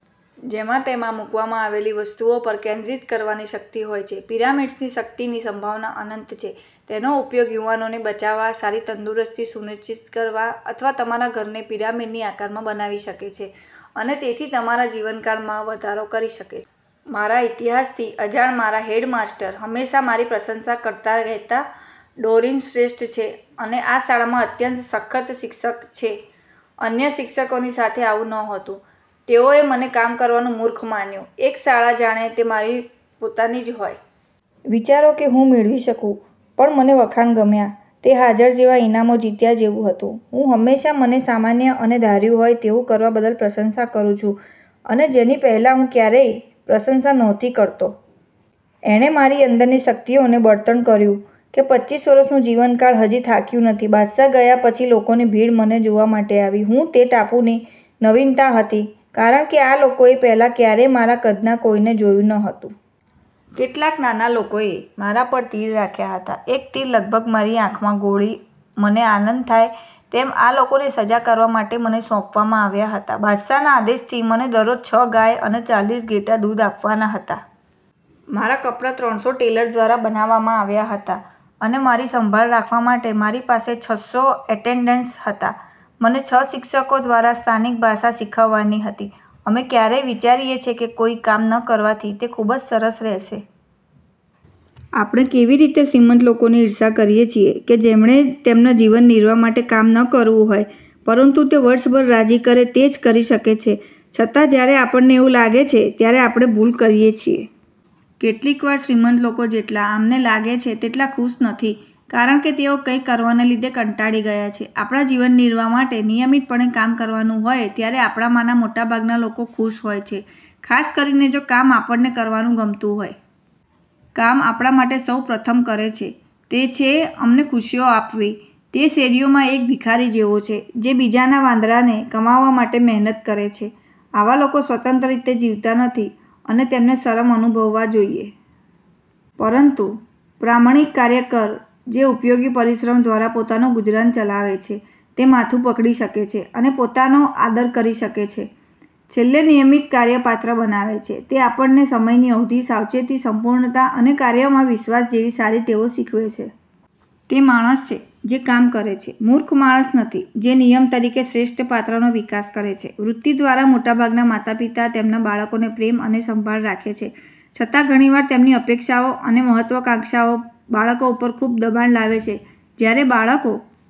જેમાં તેમાં મૂકવામાં આવેલી વસ્તુઓ પર કેન્દ્રિત કરવાની શક્તિ હોય છે. પિરામિડ્સની શક્તિની સંભાવના અનંત છે. તેનો ઉપયોગ યુવાનોને બચાવવા, સારી તંદુરસ્તી સુનિશ્ચિત કરવા અથવા તમારા ઘરને પિરામિડની આકારમાં બનાવી શકે છે અને તેથી તમારા જીવનકાળમાં વધારો કરી શકે છે. મારા ઇતિહાસથી અજાણ મારા હેડમાસ્ટર, હંમેશાં મારી પ્રશંસા કરતા કહેતા, "ડોરિન શ્રેષ્ઠ છે અને આ શાળામાં અત્યંત સખત શિક્ષક છે. " અન્ય શિક્ષકોની સાથે આવું નહોતું. તેઓએ મને કામ કરવાનું મૂર્ખ માન્યું. એક શાળા જાણે તે મારી પોતાની જ હોય! વિચારો કે હું મેળવી શકું? પણ મને વખાણ ગમ્યા. તે હાજર જેવા, ઇનામો જીત્યા જેવું હતું. હું હંમેશાં મને સામાન્ય અને ધાર્યું હોય તેવું કરવા બદલ પ્રશંસા કરું છું, અને જેની પહેલાં હું ક્યારેય પ્રશંસા નહોતી કરતો. એણે મારી અંદરની શક્તિઓને બળતણ કર્યું કે પચીસ વર્ષનું જીવનકાળ હજી થાક્યું નથી. બાદશાહ ગયા પછી, લોકોની ભીડ મને જોવા માટે આવી. હું તે ટાપુની નવીનતા હતી કારણ કે આ લોકોએ પહેલાં ક્યારેય મારા કદના કોઈને જોયું ન હતું. કેટલાક નાના લોકોએ મારા પર તીર રાખ્યા હતા. એક તીર લગભગ મારી આંખ માં ગોળી. મને આનંદ થાય તેમ આ લોકોને સજા કરવા માટે મને સોંપવામાં આવ્યા હતા. બાદશાહના આદેશથી, મને દરરોજ છ ગાય અને ચાલીસ ઘેટાં દૂધ આપવાના હતા. મારા કપડાં ત્રણસો ટેલર દ્વારા બનાવવામાં આવ્યાં હતાં અને મારી સંભાળ રાખવા માટે મારી પાસે છસો એટેન્ડન્ટ્સ હતાં. મને છ શિક્ષકો દ્વારા સ્થાનિક ભાષા શીખવવાની હતી. અમે ક્યારેક વિચારીએ છીએ કે કોઈ કામ ન કરવાથી તે ખૂબ જ સરસ રહેશે. આપણે કેવી રીતે શ્રીમંત લોકોની ઇર્ષ્યા કરીએ છીએ કે જેમણે તેમના જીવનનિર્વાહ માટે કામ ન કરવું હોય પરંતુ તે વર્ષભર રાજી કરે તે જ કરી શકે છે. છતાં જ્યારે આપણને આવું લાગે છે ત્યારે આપણે ભૂલ કરીએ છીએ. કેટલીક વાર શ્રીમંત લોકો જેટલા અમને લાગે છે તેટલા ખુશ નથી, કારણ કે તેઓ કંઇ કરવાને લીધે કંટાળી ગયા છે. આપણા જીવનનિર્વાહ માટે નિયમિતપણે કામ કરવાનું હોય ત્યારે, આપણામાંના મોટાભાગના લોકો ખુશ હોય છે, ખાસ કરીને જો કામ આપણને કરવાનું ગમતું હોય. કામ આપણા માટે સૌ પ્રથમ કરે છે તે છે અમને ખુશીઓ આપવી. તે શેરીઓમાં એક ભિખારી જેવો છે જે બીજાના વાંદરાને કમાવવા માટે મહેનત કરે છે. આવા લોકો સ્વતંત્ર રીતે જીવતા નથી અને તેમને શરમ અનુભવવા જોઈએ. પરંતુ પ્રામાણિક કાર્યકર જે ઉપયોગી પરિશ્રમ દ્વારા પોતાનું ગુજરાન ચલાવે છે તે માથું પકડી શકે છે અને પોતાનો આદર કરી શકે છે. છેલ્લે નિયમિત કાર્ય પાત્ર બનાવે છે. તે આપણને સમયની અવધિ, સાવચેતી, સંપૂર્ણતા અને કાર્યમાં વિશ્વાસ જેવી સારી ટેવો શીખવે છે. તે માણસ છે જે કામ કરે છે, મૂર્ખ માણસ નથી, જે નિયમ તરીકે શ્રેષ્ઠ પાત્રનો વિકાસ કરે છે. વૃત્તિ દ્વારા, મોટાભાગના માતાપિતા તેમના બાળકોને પ્રેમ અને સંભાળ રાખે છે. છતાં, ઘણી વાર, તેમની અપેક્ષાઓ અને મહત્વાકાંક્ષાઓ બાળકો પર ખૂબ દબાણ લાવે છે. જ્યારે બાળકો।